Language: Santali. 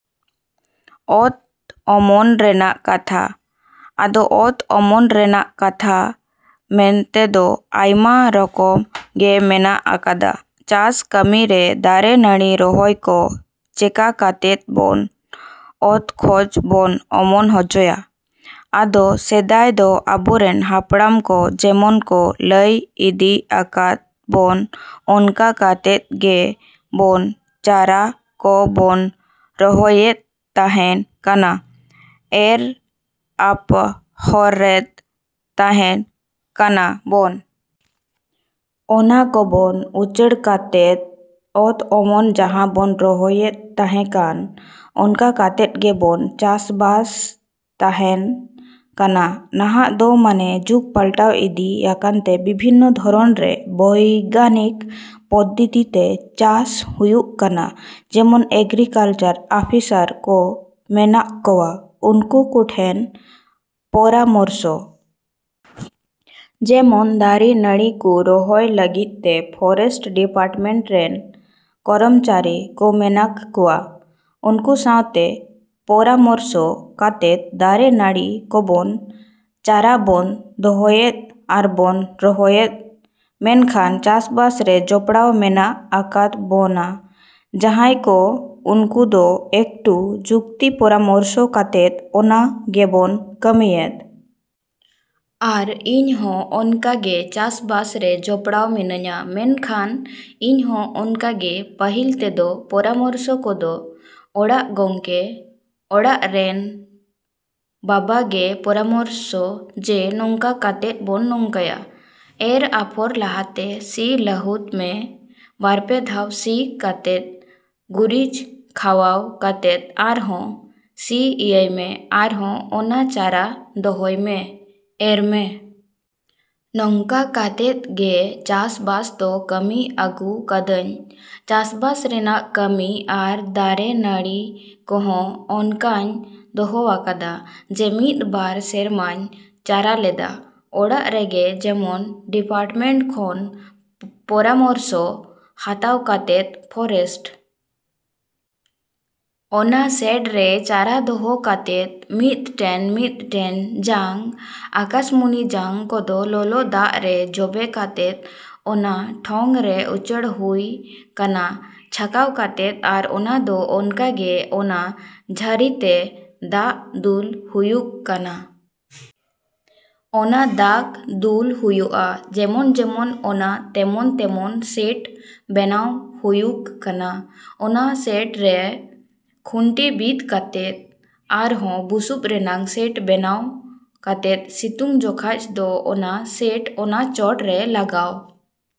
ᱚᱛ ᱚᱢᱚᱱ ᱨᱮᱱᱟᱜ ᱠᱟᱛᱷᱟ ᱟᱫᱚ ᱚᱛ ᱚᱢᱚᱱ ᱨᱮᱱᱟᱜ ᱠᱟᱛᱷᱟ ᱢᱮᱱᱛᱮ ᱫᱚ ᱟᱭᱢᱟ ᱨᱚᱠᱚᱢ ᱜᱮ ᱢᱮᱱᱟᱜ ᱟᱠᱟᱫᱟ᱾ ᱪᱟᱥ ᱠᱟᱢᱤᱨᱮ ᱫᱟᱨᱮ ᱱᱟᱹᱲᱤ ᱨᱚᱦᱚᱭ ᱠᱚ ᱪᱮᱠᱟ ᱠᱟᱛᱮᱫ ᱵᱚᱱ ᱚᱢᱚᱱ ᱦᱚᱪᱚᱭᱟ᱾ ᱟᱫᱚ ᱥᱮᱫᱟᱭ ᱫᱚ ᱟᱵᱚᱨᱮᱱ ᱦᱟᱯᱲᱟᱢ ᱠᱚ ᱡᱮᱢᱚᱱ ᱠᱚ ᱞᱟᱹᱭ ᱤᱫᱤᱭ ᱟᱠᱟᱫ ᱵᱚᱱ ᱚᱱᱟ ᱠᱟᱛᱮᱫ ᱜᱮᱵᱚᱱ ᱪᱟᱨᱟ ᱠᱚᱵᱚᱱ ᱨᱚᱦᱚᱭᱮᱫ ᱛᱟᱦᱮᱸ ᱠᱟᱱᱟ, ᱮᱨ ᱟᱯᱷᱚᱨᱮᱫ ᱛᱟᱦᱮᱸ ᱠᱟᱱᱟ ᱵᱚᱱ᱾ ᱚᱱᱟ ᱠᱚᱵᱚᱱ ᱩᱪᱟᱹᱲ ᱠᱟᱛᱮᱫ ᱚᱛ ᱚᱢᱚᱱ ᱡᱟᱦᱟᱸ ᱵᱚᱱ ᱨᱚᱦᱚᱭᱮᱫ ᱛᱟᱦᱮᱸ ᱠᱟᱱ ᱚᱱᱠᱟ ᱠᱟᱛᱮᱫ ᱜᱮᱵᱚᱱ ᱪᱟᱥᱵᱟᱥᱮᱫ ᱛᱟᱦᱮᱱ ᱠᱟᱱᱟ᱾ ᱱᱟᱦᱟᱜ ᱫᱚ ᱢᱟᱱᱮ ᱡᱩᱜᱽ ᱯᱟᱞᱴᱟᱣ ᱤᱫᱤ ᱟᱠᱟᱱᱛᱮ ᱵᱤᱵᱷᱤᱱᱱᱚ ᱫᱷᱚᱨᱚᱱ ᱨᱮᱱ ᱵᱚᱭᱜᱟᱱᱤᱠ ᱯᱚᱫᱫᱤᱛᱷᱤᱛᱮ ᱪᱟᱥᱵᱟᱥ ᱦᱩᱭᱩᱜ ᱠᱟᱱᱟ᱾ ᱡᱮᱢᱚᱱ ᱮᱜᱨᱤᱠᱟᱞᱪᱟᱨ ᱚᱯᱷᱤᱥᱟᱨ ᱠᱚ ᱢᱮᱱᱟᱜ ᱠᱚᱣᱟ, ᱩᱱᱠᱩ ᱠᱚᱴᱷᱮᱱ ᱯᱚᱨᱟᱢᱚᱨᱥᱚ᱾ ᱡᱮᱢᱚᱱ ᱫᱟᱨᱮ ᱱᱟᱹᱲᱤ ᱠᱚ ᱨᱚᱦᱚᱭ ᱞᱟᱹᱜᱤᱫ ᱛᱮ ᱯᱷᱚᱨᱮᱥᱴ ᱰᱤᱯᱟᱨᱴᱢᱮᱱᱴ ᱨᱮᱱ ᱠᱚᱨᱚᱢᱪᱟᱨᱤ ᱠᱚ ᱢᱮᱱᱟᱜ ᱠᱚᱣᱟ, ᱩᱱᱠᱩ ᱥᱟᱶᱛᱮ ᱯᱚᱨᱟᱢᱚᱨᱥᱚ ᱠᱟᱛᱮᱫ ᱫᱟᱨᱮ ᱱᱟᱹᱲᱤ ᱠᱚᱵᱚᱱ ᱪᱟᱨᱟᱵᱚᱱ ᱫᱚᱦᱚᱭᱮᱫᱟ ᱟᱨᱵᱚᱱ ᱨᱚᱦᱚᱭᱮᱫᱟ᱾ ᱢᱮᱱᱠᱷᱟᱱ ᱪᱟᱥᱵᱟᱥ ᱨᱮ ᱡᱚᱯᱲᱟᱣ ᱢᱮᱱᱟᱜ ᱟᱠᱟᱫ ᱵᱚᱱᱟ ᱡᱟᱦᱟᱸᱭ ᱠᱚ ᱩᱱᱠᱩ ᱫᱚ ᱮᱠᱴᱩ ᱡᱩᱠᱛᱤ ᱯᱚᱨᱟᱢᱚᱨᱥᱚ ᱠᱟᱛᱮᱫ ᱚᱱᱟ ᱜᱮᱵᱚᱱ ᱠᱟᱹᱢᱤᱭᱮᱫᱟ᱾ ᱟᱨ ᱤᱧ ᱦᱚᱸ ᱚᱱᱠᱟᱜᱮ ᱪᱟᱥᱵᱟᱥᱨᱮ ᱡᱚᱯᱲᱟᱣ ᱢᱤᱱᱟᱹᱧᱟ᱾ ᱢᱮᱱᱠᱷᱟᱱ ᱤᱧ ᱦᱚᱸ ᱚᱱᱠᱟᱜᱮ ᱯᱟᱦᱤᱞ ᱛᱮᱫᱚ ᱯᱚᱨᱟᱢᱚᱨᱥᱚ ᱠᱚᱫᱚ ᱚᱲᱟᱜ ᱜᱚᱝᱠᱮ, ᱚᱲᱟᱜ ᱨᱮᱱ ᱵᱟᱵᱟ ᱜᱮ ᱯᱚᱨᱟᱢᱚᱨᱥᱚ ᱡᱮ ᱱᱚᱝᱠᱟ ᱠᱟᱛᱮᱫ ᱵᱚᱱ ᱱᱚᱝᱠᱟᱭᱟ᱾ ᱮᱨ ᱟᱯᱷᱚᱨ ᱞᱟᱦᱟᱛᱮ ᱥᱤ ᱞᱟᱦᱩᱫ ᱢᱮ, ᱵᱟᱨᱯᱮ ᱫᱷᱟᱣ ᱥᱤ ᱠᱟᱛᱮᱫ ᱜᱩᱨᱤᱡ ᱠᱷᱟᱣᱟᱣ ᱠᱟᱛᱮᱫ ᱟᱨᱦᱚᱸ ᱥᱤ ᱤᱭᱟᱹᱭᱢᱮ ᱟᱨᱦᱚᱸ ᱚᱱᱟ ᱪᱟᱨᱟ ᱫᱚᱦᱚᱭᱢᱮ, ᱮᱨᱢᱮ᱾ ᱱᱚᱝᱠᱟ ᱠᱟᱛᱮᱫ ᱜᱮ ᱪᱟᱥ ᱵᱟᱥ ᱫᱚ ᱠᱟᱹᱢᱤ ᱟᱹᱜᱩᱣ ᱠᱟᱹᱫᱟᱹᱧ ᱪᱟᱥᱵᱟᱥ ᱨᱮᱱᱟᱜ ᱠᱟᱹᱢᱤ ᱟᱨ ᱫᱟᱨᱮ ᱱᱟᱲᱤ ᱠᱚᱦᱚᱸ ᱚᱱᱠᱟᱧ ᱫᱚᱦᱚᱣᱟᱠᱟᱫᱟ᱾ ᱡᱮ ᱢᱤᱫ ᱵᱟᱨ ᱥᱮᱨᱢᱟᱧ ᱪᱟᱨᱟ ᱞᱮᱫᱟ ᱚᱲᱟᱜ ᱨᱮᱜᱮ ᱡᱮᱢᱚᱱ ᱰᱤᱯᱟᱨᱴᱢᱮᱱᱴ ᱠᱷᱚᱱ ᱯᱚᱨᱟᱢᱚᱨᱥᱚ ᱦᱟᱛᱟᱣ ᱠᱟᱛᱮᱫ ᱯᱷᱚᱨᱮᱥᱴ ᱚᱱᱟ ᱥᱮᱰ ᱨᱮ ᱪᱟᱨᱟ ᱫᱚᱦᱚ ᱠᱟᱛᱮᱫ ᱢᱤᱫᱴᱮᱱ ᱢᱤᱫᱴᱮᱱ ᱡᱟᱝ ᱟᱠᱟᱥᱢᱩᱱᱤ ᱡᱟᱝ ᱠᱚᱫᱚ ᱞᱚᱞᱚ ᱫᱟᱜ ᱨᱮ ᱡᱚᱵᱮ ᱠᱟᱛᱮᱫ ᱚᱱᱟ ᱴᱷᱚᱝᱨᱮ ᱩᱪᱟᱹᱲ ᱦᱩᱭ ᱠᱟᱱᱟ ᱪᱷᱟᱠᱟᱣ ᱠᱟᱛᱮᱫ ᱟᱨ ᱚᱱᱟ ᱫᱚ ᱚᱱᱠᱟᱜᱮ ᱚᱱᱟ ᱡᱷᱟᱨᱤᱛᱮ ᱫᱟᱜ ᱫᱩᱞ ᱦᱩᱭᱩᱜ ᱠᱟᱱᱟ᱾ ᱚᱱᱟ ᱫᱟᱜ ᱫᱩᱞ ᱦᱩᱭᱩᱜᱼᱟ ᱡᱮᱢᱚᱱ ᱡᱮᱢᱚᱱ ᱚᱱᱟ ᱛᱮᱢᱚᱱ ᱛᱮᱢᱚᱱ ᱥᱮᱴ ᱵᱮᱱᱟᱣ ᱦᱩᱭᱩᱜ ᱠᱟᱱᱟ᱾ ᱚᱱᱟ ᱥᱮᱰᱨᱮ ᱠᱷᱩᱱᱴᱤ ᱵᱤᱫ ᱠᱟᱛᱮᱫ ᱟᱨᱦᱚᱸ ᱵᱩᱥᱩᱵ ᱨᱮᱱᱟᱜ ᱥᱮᱴ ᱵᱮᱱᱟᱣ ᱠᱟᱛᱮᱫ ᱥᱤᱛᱩᱝ ᱡᱚᱠᱷᱟᱡ ᱫᱚ ᱚᱱᱟ ᱥᱮᱴ ᱚᱱᱟ ᱪᱚᱴᱨᱮ ᱞᱟᱜᱟᱣ